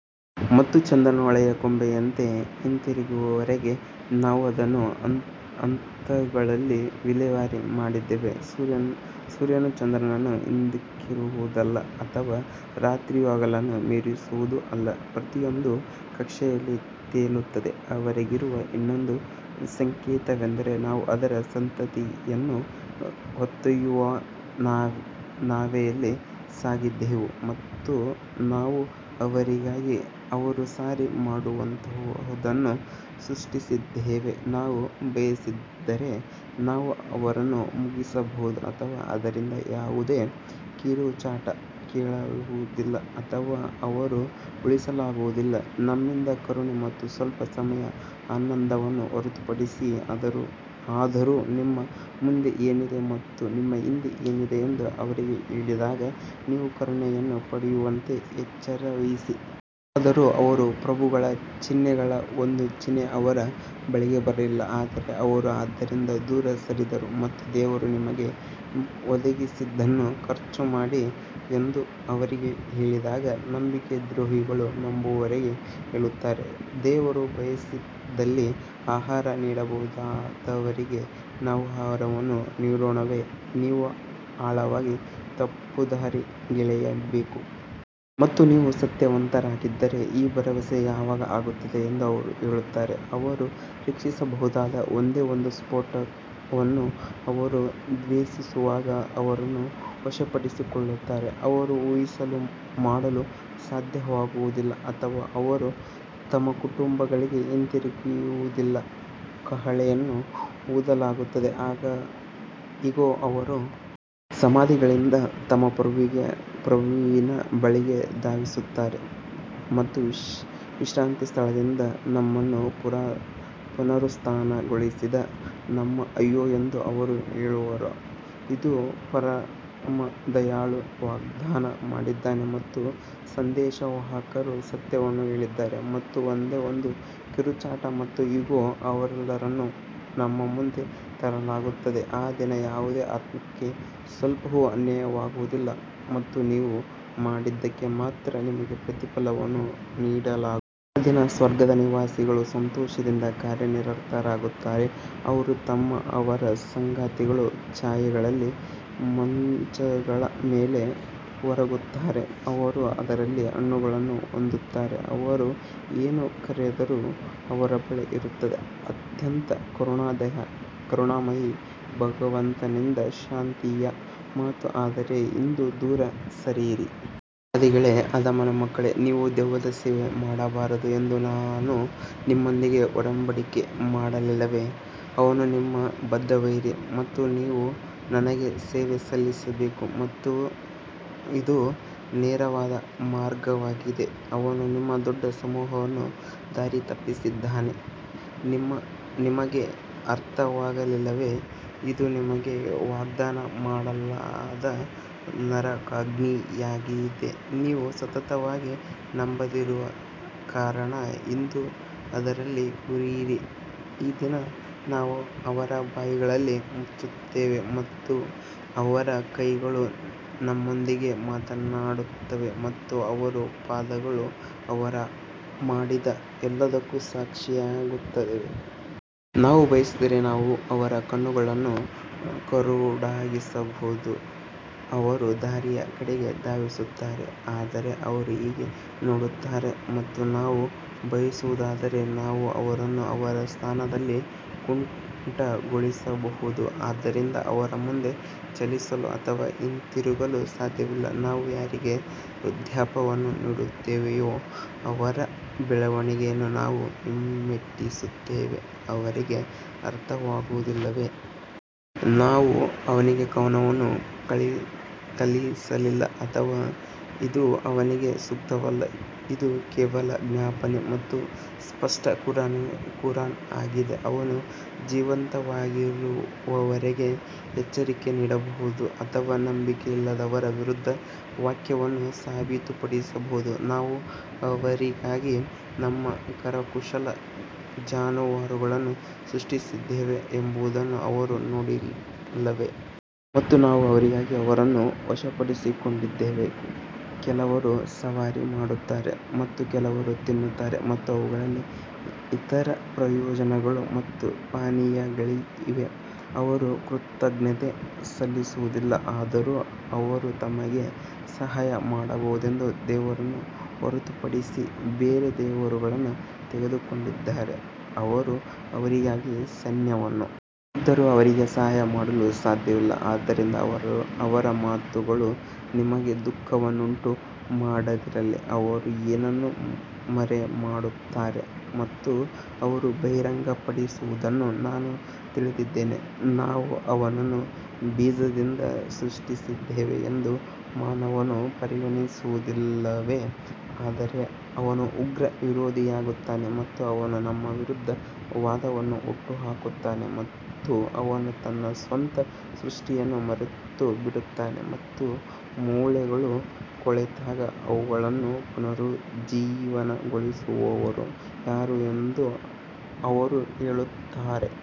ಮತ್ತು ಚಂದ್ರನು ಹಳೆಯ ಕೊಂಬೆಯಂತೆ ಹಿಂತಿರುಗುವವರೆಗೆ ನಾವು ಅದನ್ನು ಹಂತಗಳಲ್ಲಿ ವಿಲೇವಾರಿ ಮಾಡಿದ್ದೇವೆ ಸೂರ್ಯನು ಚಂದ್ರನನ್ನು ಹಿಂದಿಕ್ಕುವುದಲ್ಲ ಅಥವಾ ರಾತ್ರಿಯು ಹಗಲನ್ನು ಮೀರಿಸುವುದು ಅಲ್ಲ, ಪ್ರತಿಯೊಂದೂ ಕಕ್ಷೆಯಲ್ಲಿ ತೇಲುತ್ತದೆ ಅವರಿಗಿರುವ ಇನ್ನೊಂದು ಸಂಕೇತವೆಂದರೆ ನಾವು ಅವರ ಸಂತತಿಯನ್ನು ಹೊತ್ತೊಯ್ಯುವ ನಾವೆಯಲ್ಲಿ ಸಾಗಿಸಿದೆವು ಮತ್ತು ನಾವು ಅವರಿಗಾಗಿ ಅವರು ಸವಾರಿ ಮಾಡುವಂತಹದನ್ನು ಸೃಷ್ಟಿಸಿದ್ದೇವೆ ನಾವು ಬಯಸಿದರೆ, ನಾವು ಅವರನ್ನು ಮುಳುಗಿಸಬಹುದು ಮತ್ತು ಅವರಿಂದ ಯಾವುದೇ ಕಿರುಚಾಟ ಕೇಳಲಾಗುವುದಿಲ್ಲ ಅಥವಾ ಅವರು ಉಳಿಸಲಾಗುವುದಿಲ್ಲ ನಮ್ಮಿಂದ ಕರುಣೆ ಮತ್ತು ಸ್ವಲ್ಪ ಸಮಯದ ಆನಂದವನ್ನು ಹೊರತುಪಡಿಸಿ ಆದರೂ ನಿಮ್ಮ ಮುಂದೆ ಏನಿದೆ ಮತ್ತು ನಿಮ್ಮ ಹಿಂದೆ ಏನಿದೆ ಎಂದು ಅವರಿಗೆ ಹೇಳಿದಾಗ ನೀವು ಕರುಣೆಯನ್ನು ಪಡೆಯುವಂತೆ ಎಚ್ಚರವಹಿಸಿ. ಆದರೂ ಅವರ ಪ್ರಭುಗಳ ಚಿಹ್ನೆಗಳ ಒಂದು ಚಿಹ್ನೆ ಅವರ ಬಳಿಗೆ ಬರಲಿಲ್ಲ ಆದರೆ ಅವರು ಅದರಿಂದ ದೂರ ಸರಿದರು ಮತ್ತು ದೇವರು ನಿಮಗೆ ಒದಗಿಸಿದ್ದನ್ನು ಖರ್ಚು ಮಾಡಿ ಎಂದು ಅವರಿಗೆ ಹೇಳಿದಾಗ ನಂಬಿಕೆ ದ್ರೋಹಿಗಳು ನಂಬುವವರಿಗೆ ಹೇಳುತ್ತಾರೆ, ದೇವರು ಬಯಸಿದಲ್ಲಿ ಆಹಾರ ನೀಡಬಹುದಾದವರಿಗೆ ನಾವು ಆಹಾರವನ್ನು ನೀಡೋಣವೇ ನೀವು ಆಳವಾಗಿ ತಪ್ಪುದಾರಿಗೆಳೆಯಬೇಕು. ಮತ್ತು ನೀವು ಸತ್ಯವಂತರಾಗಿದ್ದರೆ ಈ ಭರವಸೆ ಯಾವಾಗ ಆಗುತ್ತದೆ ಎಂದು ಅವರು ಹೇಳುತ್ತಾರೆ ಅವರು ನಿರೀಕ್ಷಿಸಬಹುದಾದ ಒಂದೇ ಒಂದು ಸ್ಫೋಟವನ್ನು ಅವರು ದ್ವೇಷಿಸುವಾಗ ಅವರನ್ನು ವಶಪಡಿಸಿಕೊಳ್ಳುತ್ತಾರೆ ಅವರು ಉಯಿಲು ಮಾಡಲು ಸಾಧ್ಯವಾಗುವುದಿಲ್ಲ ಅಥವಾ ಅವರು ತಮ್ಮ ಕುಟುಂಬಗಳಿಗೆ ಹಿಂತಿರುಗುವುದಿಲ್ಲ ಕಹಳೆಯನ್ನು ಊದಲಾಗುತ್ತದೆ ಆಗ ಇಗೋ ಅವರು ಸಮಾಧಿಗಳಿಂದ ತಮ್ಮ ಪ್ರಭುವಿನ ಬಳಿಗೆ ಧಾವಿಸುತ್ತಾರೆ ನಮ್ಮ ವಿಶ್ರಾಂತಿ ಸ್ಥಳದಿಂದ ನಮ್ಮನ್ನು ಪುನರುತ್ಥಾನಗೊಳಿಸಿದ ನಮಗೆ ಅಯ್ಯೋ ಎಂದು ಅವರು ಹೇಳುವರು, ಇದು ಪರಮ ದಯಾಳು ವಾಗ್ದಾನ ಮಾಡಿದ್ದಾನೆ ಮತ್ತು ಸಂದೇಶವಾಹಕರು ಸತ್ಯವನ್ನು ಹೇಳಿದ್ದಾರೆ ಇದು ಒಂದೇ ಒಂದು ಕಿರುಚಾಟ ಮತ್ತು ಇಗೋ ಅವರೆಲ್ಲರನ್ನೂ ನಮ್ಮ ಮುಂದೆ ತರಲಾಗುತ್ತದೆ ಆ ದಿನ ಯಾವುದೇ ಆತ್ಮಕ್ಕೆ ಸ್ವಲ್ಪವೂ ಅನ್ಯಾಯವಾಗುವುದಿಲ್ಲ ಮತ್ತು ನೀವು ಮಾಡಿದ್ದಕ್ಕೆ ಮಾತ್ರ ನಿಮಗೆ ಪ್ರತಿಫಲವನ್ನು ನೀಡಲಾಗುವುದು. ಆ ದಿನ ಸ್ವರ್ಗದ ನಿವಾಸಿಗಳು ಸಂತೋಷದಿಂದ ಕಾರ್ಯನಿರತರಾಗಿರುತ್ತಾರೆ ಅವರು ಮತ್ತು ಅವರ ಸಂಗಾತಿಗಳು ಛಾಯೆಗಳಲ್ಲಿ ಮಂಚಗಳ ಮೇಲೆ ಒರಗುತ್ತಾರೆ ಅವರು ಅದರಲ್ಲಿ ಹಣ್ಣುಗಳನ್ನು ಹೊಂದುತ್ತಾರೆ, ಅವರು ಏನು ಕರೆದರೂ ಅವರ ಬಳಿ ಇರುತ್ತದೆ ಅತ್ಯಂತ ಕರುಣಾಮಯಿ ಭಗವಂತನಿಂದ ಶಾಂತಿಯ ಮಾತು ಆದರೆ ಇಂದು ದೂರ ಸರಿಯಿರಿ ಅಪರಾಧಿಗಳೇ ಆದಾಮನ ಮಕ್ಕಳೇ, ನೀವು ದೆವ್ವದ ಸೇವೆ ಮಾಡಬಾರದು ಎಂದು ನಾನು ನಿಮ್ಮೊಂದಿಗೆ ಒಡಂಬಡಿಕೆ ಮಾಡಲಿಲ್ಲವೇ, ಅವನು ನಿಮ್ಮ ಬದ್ಧ ವೈರಿ ಮತ್ತು ನೀವು ನನಗೆ ಸೇವೆ ಸಲ್ಲಿಸಬೇಕು ಇದು ನೇರವಾದ ಮಾರ್ಗವಾಗಿದೆ ಅವನು ನಿಮ್ಮ ದೊಡ್ಡ ಸಮೂಹವನ್ನು ದಾರಿತಪ್ಪಿಸಿದ್ದಾನೆ ನಿಮಗೆ ಅರ್ಥವಾಗಲಿಲ್ಲವೇ ಇದು ನಿಮಗೆ ವಾಗ್ದಾನ ಮಾಡಲಾದ ನರಕಾಗ್ನಿಯಾಗಿದೆ ನೀವು ಸತತವಾಗಿ ನಂಬದಿರುವ ಕಾರಣ ಇಂದು ಅದರಲ್ಲಿ ಹುರಿಯಿರಿ ಈ ದಿನ ನಾವು ಅವರ ಬಾಯಿಗಳನ್ನು ಮುಚ್ಚುತ್ತೇವೆ ಮತ್ತು ಅವರ ಕೈಗಳು ನಮ್ಮೊಂದಿಗೆ ಮಾತನಾಡುತ್ತವೆ ಮತ್ತು ಅವರ ಪಾದಗಳು ಅವರು ಮಾಡಿದ ಎಲ್ಲದಕ್ಕೂ ಸಾಕ್ಷಿಯಾಗುತ್ತವೆ. ನಾವು ಬಯಸಿದರೆ ನಾವು ಅವರ ಕಣ್ಣುಗಳನ್ನು ಕುರುಡಾಗಿಸಬಹುದು ಅವರು ದಾರಿಯ ಕಡೆಗೆ ಧಾವಿಸುತ್ತಾರೆ ಆದರೆ ಅವರು ಹೇಗೆ ನೋಡುತ್ತಾರೆ ಮತ್ತು ನಾವು ಬಯಸುವುದಾದರೆ ನಾವು ಅವರನ್ನು ಅವರ ಸ್ಥಾನದಲ್ಲಿ ಕುಂಟಗೊಳಿಸಬಹುದು, ಆದ್ದರಿಂದ ಅವರು ಮುಂದೆ ಚಲಿಸಲು ಅಥವಾ ಹಿಂತಿರುಗಲು ಸಾಧ್ಯವಿಲ್ಲ ನಾವು ಯಾರಿಗೆ ವೃದ್ಧಾಪ್ಯವನ್ನು ನೀಡುತ್ತೇವೆಯೋ ಅವರ ಬೆಳವಣಿಗೆಯನ್ನು ನಾವು ಹಿಮ್ಮೆಟ್ಟಿಸುತ್ತೇವೆ ಅವರಿಗೆ ಅರ್ಥವಾಗುವುದಿಲ್ಲವೇ? ನಾವು ಅವನಿಗೆ ಕವನವನ್ನು ಕಲಿಸಲಿಲ್ಲ ಅಥವಾ ಅದು ಅವನಿಗೆ ಸೂಕ್ತವಲ್ಲ, ಇದು ಕೇವಲ ಜ್ಞಾಪನೆ ಮತ್ತು ಸ್ಪಷ್ಟ ಕುರಾನ್ ಆಗಿದೆ ಅವನು ಜೀವಂತವಾಗಿರುವವರಿಗೆ ಎಚ್ಚರಿಕೆ ನೀಡಬಹುದು ಮತ್ತು ನಂಬಿಕೆಯಿಲ್ಲದವರ ವಿರುದ್ಧ ವಾಕ್ಯವನ್ನು ಸಾಬೀತುಪಡಿಸಬಹುದು ನಾವು ಅವರಿಗಾಗಿ ನಮ್ಮ ಕರಕುಶಲ ಜಾನುವಾರುಗಳನ್ನು ಸೃಷ್ಟಿಸಿದ್ದೇವೆ ಎಂಬುದನ್ನು ಅವರು ನೋಡಿಲ್ಲವೇ? ಮತ್ತು ನಾವು ಅವರಿಗಾಗಿ ಅವರನ್ನು ವಶಪಡಿಸಿಕೊಂಡಿದ್ದೇವೆ, ಕೆಲವರು ಸವಾರಿ ಮಾಡುತ್ತಾರೆ ಮತ್ತು ಕೆಲವರು ತಿನ್ನುತ್ತಾರೆ ಮತ್ತು ಅವುಗಳಲ್ಲಿ ಇತರ ಪ್ರಯೋಜನಗಳು ಮತ್ತು ಪಾನೀಯಗಳಿವೆ, ಅವರು ಕೃತಜ್ಞತೆ ಸಲ್ಲಿಸುವುದಿಲ್ಲ ಆದರೂ ಅವರು ತಮಗೆ ಸಹಾಯ ಮಾಡಬಹುದೆಂದು ದೇವರನ್ನು ಹೊರತುಪಡಿಸಿ ಬೇರೆ ದೇವರುಗಳನ್ನು ತೆಗೆದುಕೊಂಡಿದ್ದಾರೆ ಅವರು ಅವರಿಗಾಗಿ ಸೈನ್ಯವನ್ನು ಹೊಂದಿದ್ದರೂ ಅವರಿಗೆ ಸಹಾಯ ಮಾಡಲು ಸಾಧ್ಯವಿಲ್ಲ ಆದ್ದರಿಂದ ಅವರ ಮಾತುಗಳು ನಿಮಗೆ ದುಃಖವನ್ನುಂಟು ಮಾಡದಿರಲಿ, ಅವರು ಏನನ್ನು ಮರೆಮಾಡುತ್ತಾರೆ ಮತ್ತು ಅವರು ಬಹಿರಂಗಪಡಿಸುವುದನ್ನು ನಾವು ತಿಳಿದಿದ್ದೇವೆ ನಾವು ಅವನನ್ನು ಬೀಜದಿಂದ ಸೃಷ್ಟಿಸಿದ್ದೇವೆ ಎಂದು ಮಾನವನು ಪರಿಗಣಿಸುವುದಿಲ್ಲವೇ ಆದರೆ ಅವನು ಉಗ್ರ ವಿರೋಧಿಯಾಗುತ್ತಾನೆ ಮತ್ತು ಅವನು ನಮ್ಮ ವಿರುದ್ಧ ವಾದಗಳನ್ನು ಹುಟ್ಟುಹಾಕುತ್ತಾನೆ ಮತ್ತು ಅವನು ತನ್ನ ಸ್ವಂತ ಸೃಷ್ಟಿಯನ್ನು ಮರೆತುಬಿಡುತ್ತಾನೆ ಮತ್ತು ಮೂಳೆಗಳು ಕೊಳೆತಾಗ ಅವುಗಳನ್ನು ಪುನರುಜ್ಜೀವನಗೊಳಿಸುವವರು ಯಾರು ಎಂದು ಅವರು ಹೇಳುತ್ತಾರೆ.